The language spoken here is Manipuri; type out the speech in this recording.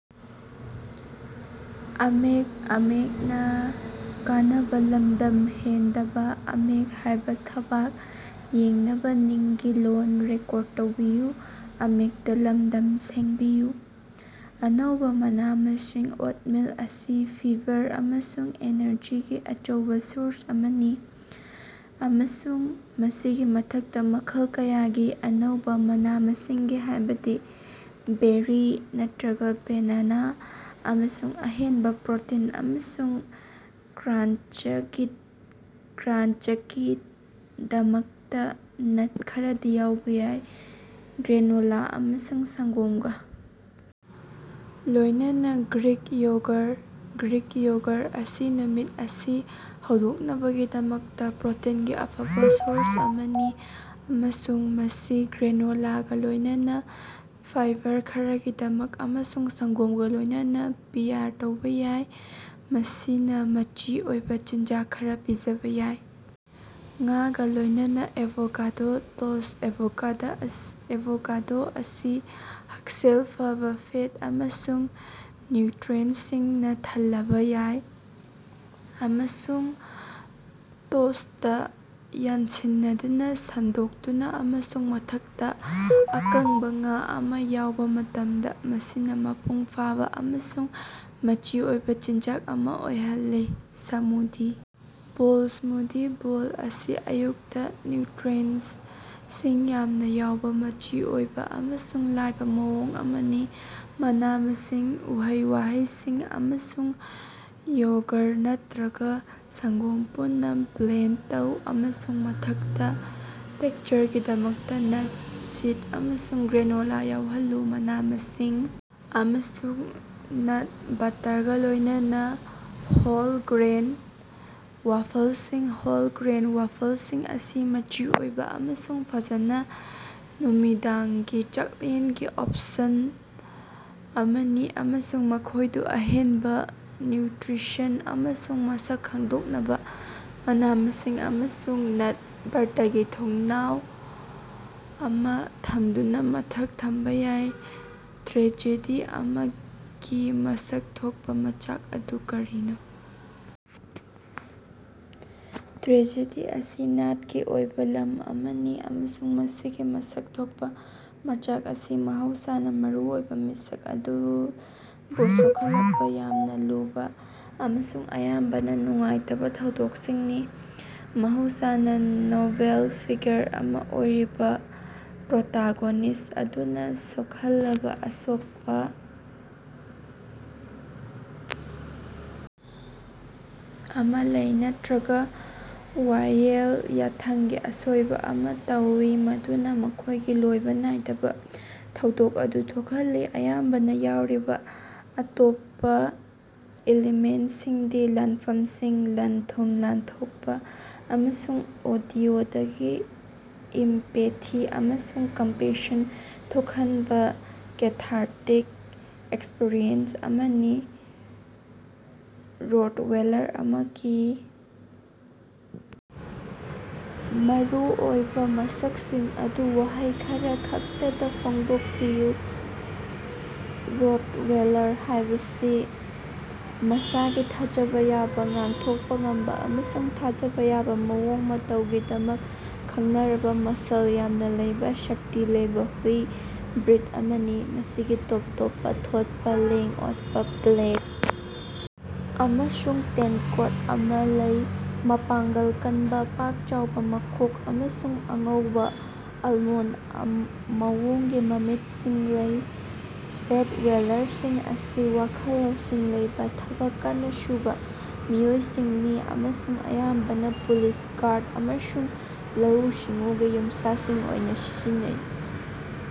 ꯑꯅꯧꯕ ꯃꯅꯥ-ꯃꯁꯤꯡ -ꯑꯣꯠꯃꯤꯜ ꯑꯁꯤ ꯐꯤꯕꯔ ꯑꯃꯁꯨꯡ ꯑꯦꯅꯔꯖꯤꯒꯤ ꯑꯆꯧꯕ ꯁꯣꯔꯁ ꯑꯃꯅꯤ, ꯑꯃꯁꯨꯡ ꯃꯁꯤꯒꯤ ꯃꯊꯛꯇ ꯃꯈꯜ ꯀꯌꯥꯒꯤ ꯑꯅꯧꯕ ꯃꯅꯥ-ꯃꯁꯤꯡꯁꯤꯡ ꯍꯥꯏꯕꯗꯤ ꯕꯦꯔꯤ ꯅꯠꯇꯔꯒ ꯕꯦꯅꯥꯅꯥ, ꯑꯃꯁꯨꯡ ꯑꯍꯦꯟꯕ ꯄ꯭ꯔꯣꯇꯤꯟ ꯑꯃꯁꯨꯡ ꯀ꯭ꯔꯥꯟꯆꯀꯤꯗꯃꯛꯇ ꯅꯠ ꯈꯔꯗꯤ ꯌꯥꯎꯕ ꯌꯥꯏ꯫ ꯒ꯭ꯔꯦꯅꯣꯂꯥ ꯑꯃꯁꯨꯡ ꯁꯪꯒꯣꯝꯒ ꯂꯣꯏꯅꯅꯥ ꯒ꯭ꯔꯤꯛ ꯌꯣꯒꯔ - ꯒ꯭ꯔꯤꯛ ꯌꯣꯒꯔ ꯑꯁꯤ ꯅꯨꯃꯤꯠ ꯑꯁꯤ ꯍꯧꯗꯣꯛꯅꯕꯒꯤꯗꯃꯛꯇ ꯄ꯭ꯔꯣꯇꯤꯟꯒꯤ ꯑꯐꯕꯥ ꯁꯣꯔꯁ ꯑꯃꯅꯤ, ꯑꯃꯁꯨꯡ ꯃꯁꯤ ꯒ꯭ꯔꯦꯅꯣꯂꯥꯒ‌ ꯂꯣꯏꯅꯅꯥ ꯐꯤꯕꯔ ꯈꯔꯒꯤꯗꯃꯛ ꯑꯃꯁꯨꯡ ꯁꯪꯒꯣꯝꯒꯥ ꯂꯣꯏꯅꯅꯥ ꯄꯤꯌꯔ ꯇꯧꯕ ꯌꯥꯏ, ꯃꯁꯤꯅ ꯃꯆꯤ ꯑꯣꯏꯕ ꯆꯤꯟꯖꯥꯛ ꯈꯔꯥ ꯄꯤꯖꯕꯥ ꯌꯥꯏ꯫ ꯉꯥꯒꯥ ꯂꯣꯏꯅꯅꯥ ꯑꯦꯚꯣꯀꯥꯗꯣ ꯇꯣꯁ꯭ꯠ -ꯑꯦꯚꯣꯀꯥꯗꯣ ꯑꯁꯤ ꯍꯛꯁꯦꯜ ꯐꯕꯥ ꯐꯦꯠ ꯑꯃꯁꯨꯡ ꯅ꯭ꯌꯨꯇꯔꯤꯑꯦꯟꯇꯁꯤꯡꯅ ꯊꯜꯂꯕꯥ ꯌꯥꯏ, ꯑꯃꯁꯨꯡ ꯇꯣꯁ꯭ꯇꯇꯥ ꯌꯥꯟꯁꯤꯟꯅꯗꯨꯅꯥ ꯁꯟꯗꯣꯛꯇꯨꯅꯥ ꯑꯃꯁꯨꯡ ꯃꯊꯛꯇꯥ ꯑꯀꯪꯕ ꯉꯥ ꯑꯃ ꯌꯥꯎꯕ ꯃꯇꯝꯗꯥ, ꯃꯁꯤꯅ ꯃꯄꯨꯡꯐꯥꯕꯥ ꯑꯃꯁꯨꯡ ꯃꯆꯤ ꯑꯣꯏꯕ ꯆꯤꯟꯖꯥꯛ ꯑꯃ ꯑꯣꯏꯍꯜꯂꯤ꯫ ꯁ꯭ꯃꯨꯗꯤ ꯕꯣꯜ - ꯁ꯭ꯃꯨꯗꯤ ꯕꯣꯜ ꯑꯁꯤ ꯑꯌꯨꯛꯇ ꯅ꯭ꯌꯨꯇꯔꯤꯑꯦꯟꯇꯁꯤꯡ ꯌꯥꯝꯅ ꯌꯥꯎꯕ ꯃꯆꯤ ꯑꯣꯏꯕ ꯑꯃꯁꯨꯡ ꯂꯥꯏꯕ ꯃꯑꯣꯡ ꯑꯃꯅꯤ꯫ ꯃꯅꯥ-ꯃꯁꯤꯡ, ꯎꯍꯩ-ꯋꯥꯍꯩꯁꯤꯡ, ꯑꯃꯁꯨꯡ ꯌꯣꯒꯔ ꯅꯠꯇꯔꯒ ꯁꯪꯒꯣꯝ ꯄꯨꯟꯅ ꯕ꯭ꯂꯦꯟꯗ ꯇꯧ, ꯑꯃꯁꯨꯡ ꯃꯊꯛꯇ ꯇꯦꯛꯁꯆꯔꯒꯤꯗꯃꯛꯇ ꯅꯠ, ꯁꯤꯗ ꯑꯃꯁꯨꯡ ꯒ꯭ꯔꯦꯅꯣꯂꯥ ꯌꯥꯎꯍꯜꯂꯨ꯫ ꯃꯅꯥ-ꯃꯁꯤꯡ ꯑꯃꯁꯨꯡ ꯅꯠ ꯕꯠꯇꯔꯒꯥ ꯂꯣꯏꯅꯅꯥ ꯍꯣꯜ ꯒ꯭ꯔꯦꯟ ꯋꯥꯐꯜꯁꯤꯡ - ꯍꯣꯜ ꯒ꯭ꯔꯦꯟ ꯋꯥꯐꯜꯁꯤꯡ ꯑꯁꯤ ꯃꯆꯤ ꯑꯣꯏꯕ ꯑꯃꯁꯨꯡ ꯐꯖꯅ ꯅꯨꯃꯤꯗꯥꯡꯒꯤ ꯆꯥꯛꯂꯦꯟꯒꯤ ꯑꯣꯞꯁꯟ ꯑꯃꯅꯤ, ꯑꯃꯁꯨꯡ ꯃꯈꯣꯏꯗꯨ ꯑꯍꯦꯟꯕ ꯅ꯭ꯌꯨꯇ꯭ꯔꯤꯁꯟ ꯑꯃꯁꯨꯡ ꯃꯁꯛ ꯈꯪꯗꯣꯛꯅꯕꯒꯤꯗꯃꯛ ꯃꯅꯥ-ꯃꯁꯤꯡ ꯑꯃꯁꯨꯡ ꯅꯠ ꯕꯠꯇꯔꯒꯤ ꯊꯣꯡꯅꯥꯎ ꯑꯃ ꯊꯝꯗꯨꯅ ꯃꯊꯛꯇ ꯊꯝꯕꯥ ꯌꯥꯏ꯫ ꯇ꯭ꯔꯦꯖꯦꯗꯤ ꯑꯃꯒꯤ ꯃꯁꯛ ꯊꯣꯛꯄ ꯃꯆꯥꯛ ꯑꯗꯨ ꯀꯔꯤꯅꯣ? ꯇ꯭ꯔꯦꯖꯦꯗꯤ ꯑꯁꯤ ꯅꯥꯠꯀꯤ ꯑꯣꯏꯕ ꯂꯝ ꯑꯃꯅꯤ ꯑꯃꯁꯨꯡ ꯃꯁꯤꯒꯤ ꯃꯁꯛ ꯊꯣꯛꯄ ꯃꯆꯥꯛ ꯑꯁꯤ ꯃꯍꯧꯁꯥꯅꯥ ꯃꯔꯨ ꯑꯣꯏꯕ ꯃꯤꯁꯛ ꯑꯗꯨꯕꯨ ꯁꯣꯛꯍꯜꯂꯛꯄ ꯌꯥꯝꯅꯥ ꯂꯨꯕ ꯑꯃꯁꯨꯡ ꯑꯌꯥꯝꯕꯅꯥ ꯅꯨꯡꯉꯥꯏꯇꯕꯥ ꯊꯧꯗꯣꯛꯁꯤꯡꯅꯤ꯫ ꯃꯍꯧꯁꯥꯅꯥ ꯅꯣꯕꯦꯜ ꯐꯤꯒꯔ ꯑꯃ ꯑꯣꯏꯔꯤꯕ ꯄ꯭ꯔꯣꯇꯥꯒꯣꯅꯤꯁ꯭ꯠ ꯑꯗꯨꯅ ꯁꯣꯛꯍꯜꯂꯕꯥ ꯑꯁꯣꯛꯄ ꯑꯃ ꯂꯩ ꯅꯠꯇꯔꯒ ꯋꯥꯌꯦꯜ ꯌꯥꯊꯪꯒꯤ ꯑꯁꯣꯏꯕ ꯑꯃ ꯇꯧꯏ ꯃꯗꯨꯅ ꯃꯈꯣꯏꯒꯤ ꯂꯣꯏꯕꯥ ꯅꯥꯏꯗꯕꯥ ꯊꯧꯗꯣꯛ ꯑꯗꯨ ꯊꯣꯛꯍꯜꯂꯤ꯫ ꯑꯌꯥꯝꯕꯅꯥ ꯌꯥꯎꯔꯤꯕ ꯑꯇꯣꯞꯄ ꯏꯂꯤꯃꯦꯟꯇꯁꯤꯡꯗꯤ ꯂꯥꯟꯐꯝꯁꯤꯡ, ꯂꯟ-ꯊꯨꯝ ꯂꯥꯟꯊꯣꯠꯄꯥ, ꯑꯃꯁꯨꯡ ꯑꯣꯗꯤꯑꯣꯗꯒꯤ ꯏꯝꯄꯦꯊꯤ ꯑꯃꯁꯨꯡ ꯀꯝꯄꯦꯁꯟ ꯊꯣꯛꯍꯟꯕ ꯀꯦꯊꯥꯔꯇꯤꯛ ꯑꯦꯛꯁꯄꯔꯤꯑꯦꯟꯁ ꯑꯃꯅꯤ꯫ ꯔꯣꯠꯋꯦꯂꯔ ꯑꯃꯒꯤ ꯃꯔꯨꯑꯣꯏꯕ ꯃꯁꯛꯁꯤꯡ ꯑꯗꯨ ꯋꯥꯍꯩ ꯈꯔꯈꯛꯇꯗꯥ ꯐꯣꯡꯗꯣꯛꯄꯤꯌꯨ꯫ ꯔꯣꯇꯋꯦꯂꯔ ꯍꯥꯏꯕꯁꯤ ꯃꯁꯥꯒꯤ ꯊꯥꯖꯕꯥ ꯌꯥꯕ, ꯉꯥꯛꯊꯣꯛꯄ ꯉꯝꯕ ꯑꯃꯁꯨꯡ ꯊꯥꯖꯕꯥ ꯌꯥꯕ ꯃꯑꯣꯡ ꯃꯇꯧꯒꯤꯗꯃꯛ ꯈꯪꯅꯔꯕꯥ ꯃꯁꯜ ꯌꯥꯝꯅ ꯂꯩꯕ, ꯁꯛꯇꯤ ꯂꯩꯕ ꯍꯨꯏ ꯕ꯭ꯔꯤꯗ ꯑꯃꯅꯤ꯫ ꯃꯁꯤꯒꯤ ꯇꯣꯞ ꯇꯣꯞꯄ ꯊꯣꯠꯄ, ꯂꯦꯡ-ꯑꯣꯠꯄ, ꯕ꯭ꯂꯦꯛ ꯑꯃꯁꯨꯡ ꯇꯦꯟ ꯀꯣꯠ ꯑꯃ ꯂꯩ, ꯃꯄꯥꯡꯒꯜ ꯀꯟꯕꯥ, ꯄꯥꯛ-ꯆꯥꯎꯕ ꯃꯀꯣꯛ ꯑꯃꯁꯨꯡ ꯑꯉꯧꯕ, ꯑꯜꯃꯣꯟꯗ ꯃꯑꯣꯡꯒꯤ ꯃꯃꯤꯠꯁꯤꯡ ꯂꯩ꯫ ꯔꯣꯠꯋꯦꯂꯔꯁꯤꯡ ꯑꯁꯤ ꯋꯥꯈꯜ ꯂꯧꯁꯤꯡ ꯂꯩꯕ, ꯊꯕꯛ ꯀꯟꯅ ꯁꯨꯕ ꯃꯤꯑꯣꯏꯁꯤꯡꯅꯤ ꯑꯃꯁꯨꯡ ꯑꯌꯥꯝꯕꯅꯥ ꯄꯨꯂꯤꯁ, ꯒꯥꯔꯗ ꯑꯃꯁꯨꯡ ꯂꯧꯎ-ꯁꯤꯡꯎꯒꯤ ꯌꯨꯝꯁꯥꯁꯤꯡ ꯑꯣꯏꯅ ꯁꯤꯖꯤꯟꯅꯩ꯫